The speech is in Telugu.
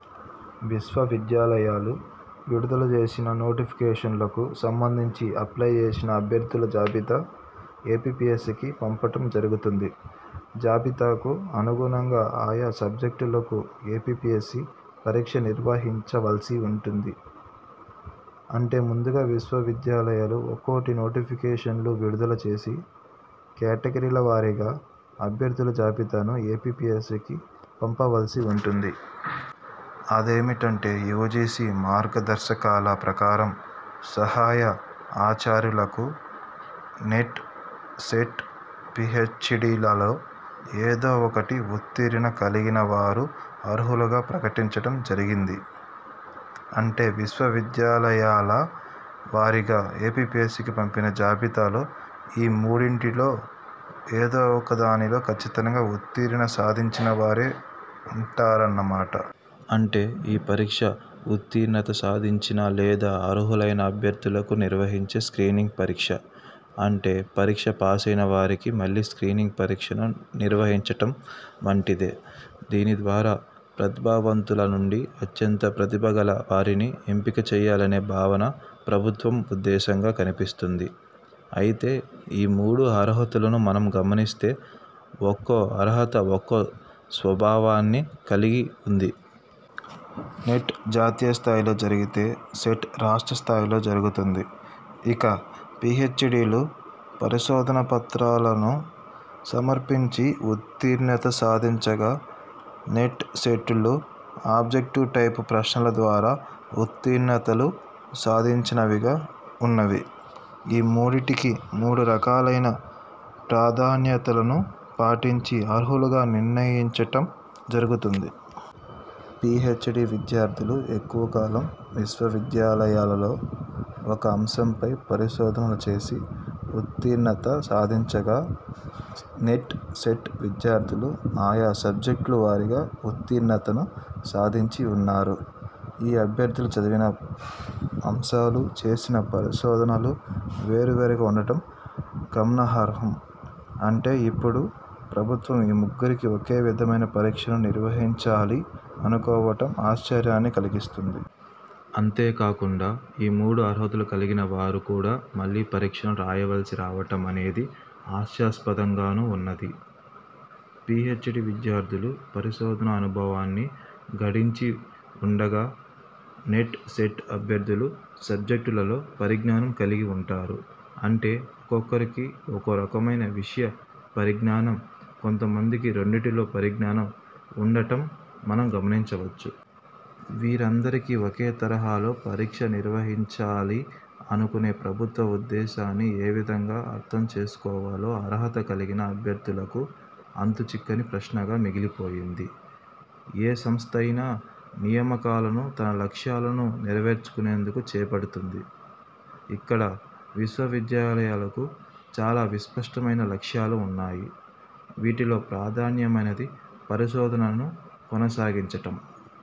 విశ్వవిద్యాలయాలు విడుదల చేసిన నోటిఫికేషన్లకు స్పందించి అప్లై చేసిన అభ్యర్థుల జాబితా ఏపీపీఎస్సీకి పంపటం జరుగుతుంది. జాబితాకు అనుగుణంగా ఆయా సబ్జెక్టులకు ఏపీపీఎస్సీ పరీక్ష నిర్వహించవలసి ఉంటుంది. అంటే ముందుగా విశ్వవిద్యాలయాలు ఒక్కొక్కటి నోటిఫికేషన్లు విడుదల చేసి, కేటగిరీల వారీగా అభ్యర్థుల జాబితాను ఏపీపీఎస్సీకి పంపవలసి ఉంటుంది. అదేమిటంటే యూజీసీ మార్గదర్శకాల ప్రకారం సహాయ ఆచార్యులకు నెట్/ సెట్/ పీహెచ్డీలలో ఏదో ఒకటి ఉత్తీర్ణత కలిగిన వారు అర్హులుగా ప్రకటించటం జరిగింది. అంటే విశ్వవిద్యాలయాల వారీగా ఏపీపీఎస్సీకి పంపిన జాబితాలో ఈ మూడింటిలో ఏదో ఒక దానిలో ఖచ్ఛితంగా ఉత్తీర్ణత సాధించినవారే ఉంటారన్న మాట. అంటే ఈ పరీక్ష ఉత్తీర్ణత సాధించిన లేదా అర్హులైన అభ్యర్థులకు నిర్హహించే స్క్రీనింగ్ పరీక్ష. అంటే పరీక్ష పాసైన వారికి మళ్ళీ స్క్రీనింగ్ పరీక్షను నిర్వహించటం వంటిదే. దీనిద్వారా ప్రతిభావంతుల నుండి అత్యంత ప్రతిభగల వారిని ఎంపిక చేయాలనే భావన ప్రభుత్వం ఉద్దేశంగా కనిపిస్తుంది. అయితే ఈ మూడు అర్హతలను మనం గమనిస్తే ఒక్కో అర్హత ఒక్కో స్వభావాన్ని కలిగి ఉంది. నెట్ జాతీయ స్థాయిలో జరిగితే, సెట్ రాష్ట్ర స్థాయిలో జరుగుతుంది. ఇక పీహెచ్డీలు పరిశోధన పత్రాలను సమర్పించి ఉత్తీర్ణత సాధించగా, నెట్, సెట్లు అబ్జెటివ్ టైపు ప్రశ్నల ద్వారా ఉత్తీర్ణతలు సాధించినవిగా ఉన్నవి. ఈ మూడింటికి మూడు రకాలైన ప్రాధాన్యతలను పాటించి అర్హులుగా నిర్ణయించటం జరుగుతుంది. పీహెచ్డీ విద్యార్థులు ఎక్కువ కాలం విశ్వవిద్యాలయాలలో ఒక అంశంపై పరిశోధనలు చేసి ఉత్తీర్ణత సాధించగా నెట్, సెట్ విద్యార్థులు ఆయా సబ్జెక్ట్ల వారీగా ఉత్తీర్ణతను సాధించి వున్నారు. ఈ అభ్యర్థులు చదివిన అంశాలు, చేసిన పరిశోధనలు వేరు వేరుగా ఉండటం గమనార్హం. అంటే ఇప్పుడు ప్రభుత్వం ఈ ముగ్గురికి ఒక విధమైన పరీక్షను నిర్వహించాలి అనుకోవటం ఆశ్చర్యాన్ని కల్గిస్తుంది. అంతేకాకుండా ఈ మూడు అర్హతలు కలిగిన వారు కూడా మళ్ళీ పరీక్షను రాయవలసి రావటం అనేది హాస్యాస్పదంగాను ఉన్నది. పీహెచ్డీ విద్యార్థులు పరిశోధన అనుభవాన్ని గడించి ఉండగా, నెట్, సెట్ అభ్యర్థులు సబ్జెక్టులలో పరిజ్ఞానం కలిగి ఉంటారు. అంటే ఒక్కొక్కరికి ఒక్కోరకమైన విషయ పరిజ్ఞానం, కొంత మందికి రెండింటిలో పరిజ్ఞానం ఉండటం మనం గమనించవచ్చు. వీరందరికి ఒకే తరహాలో పరీక్ష నిర్వహించాలి అనుకునే ప్రభుత్వ ఉద్దేశాన్ని ఏవిధంగా అర్థం చేసుకోవాలో అర్హత కలిగిన అభ్యర్థులకు అంతుచిక్కని ప్రశ్నగా మిగిలిపోయింది. ఏ సంస్థ అయినా నియామకాలను తన లక్ష్యాలను నెరవేర్చుకొనేందుకు చేపడుతుంది. ఇక్కడ విశ్వవిద్యాలయాలకు చాలా విస్పష్టమైన లక్ష్యాలు ఉన్నాయి. విటిలో ప్రధానమైనది పరిశోధనను కొనసాగించటం.